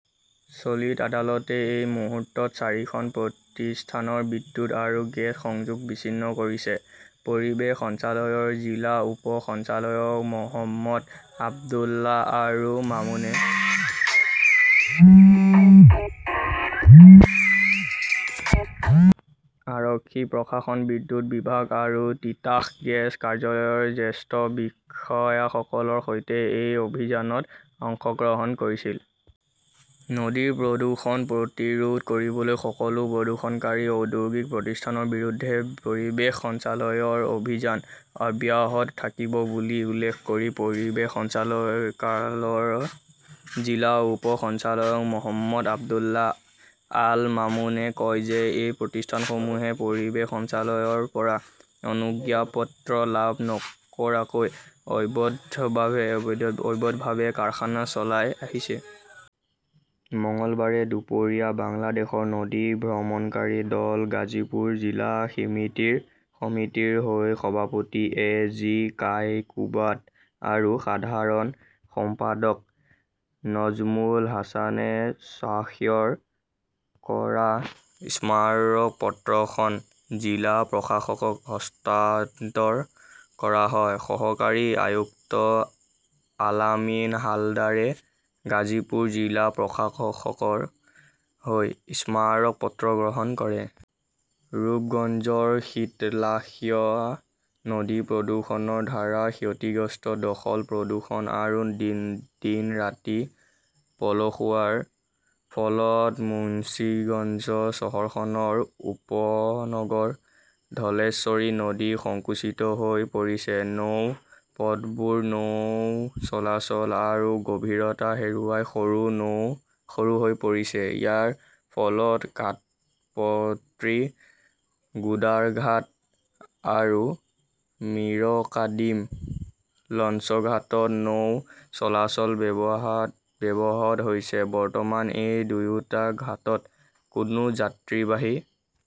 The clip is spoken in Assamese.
চলিত আদালতে এই মুহূৰ্তত চাৰিখন প্ৰতিষ্ঠানৰ বিদ্যুৎ আৰু গেছ সংযোগ বিচ্ছিন্ন কৰিছে। পৰিৱেশ সঞ্চালয়ৰ জিলা উপ সঞ্চালয়ক। মহম্মদ আব্দুল্লাহ আল মামুনে আৰক্ষী প্ৰশাসন, বিদ্যুৎ বিভাগ আৰু তিতাস গেছ কাৰ্যালয়ৰ জ্যেষ্ঠ বিষয়াসকলৰ সৈতে এই অভিযানত অংশগ্ৰহণ কৰিছিল। নদীৰ প্ৰদূষণ প্ৰতিৰোধ কৰিবলৈ সকলো প্ৰদূষণকাৰী ঔদ্যোগিক প্ৰতিষ্ঠানৰ বিৰুদ্ধে পৰিৱেশ সঞ্চালয়ৰ অভিযান অব্যাহত থাকিব বুলি উল্লেখ কৰি পৰিৱেশ সঞ্চালয়কালয়ৰ জিলা উপ সঞ্চালক মহম্মদ আব্দুল্লাহ আল মামুনে কয় যে এই প্ৰতিষ্ঠানসমূহে পৰিৱেশ সঞ্চালকায়ৰ পৰা অনুজ্ঞাপত্ৰ লাভ নকৰাকৈ অবৈধভাৱে কাৰখানা চলাই আহিছে। মঙলবাৰে দুপৰীয়া বাংলাদেশৰ নদী ভ্ৰমণকাৰী দল গাজীপুৰ জিলা সিমিতিৰ সমিতিৰ হৈ সভাপতি এ. জি. কায়কোবাদ আৰু সাধাৰণ সম্পাদক নজ্মুল হাছানে স্বাক্ষৰ কৰা স্মাৰক পত্ৰখন জিলা প্ৰশাসকক হস্তান্তৰ কৰা হয়। সহকাৰী আয়ুক্ত আলামিন হালদাৰে গাজীপুৰ জিলা প্ৰশাসকৰ হৈ স্মাৰক পত্ৰ গ্ৰহণ কৰে। ৰূপগঞ্জৰ শীতলাক্ষ্য নদী প্ৰদূষণৰ ধাৰা ক্ষতিগ্ৰস্ত দখল-প্ৰদূষণ আৰু দিন দিন-ৰাতি পলসুৱাৰ ফলত মুঞ্চিগঞ্জ চহৰখনৰ উপনগৰ ধলেশ্বৰী নদী সংকুচিত হৈ পৰিছে। নৌ পথবোৰ নৌ চলাচল আৰু গভীৰতা হেৰুৱাই সৰু হৈ পৰিছে। ইয়াৰ ফলত কাঠপট্টি গুদাৰঘাট আৰু মিৰকাদিম লঞ্চঘাটত নৌ চলাচল ব্যাহত হৈছে। বৰ্তমান এই দুয়োটা ঘাটত কোনো যাত্ৰীবাহী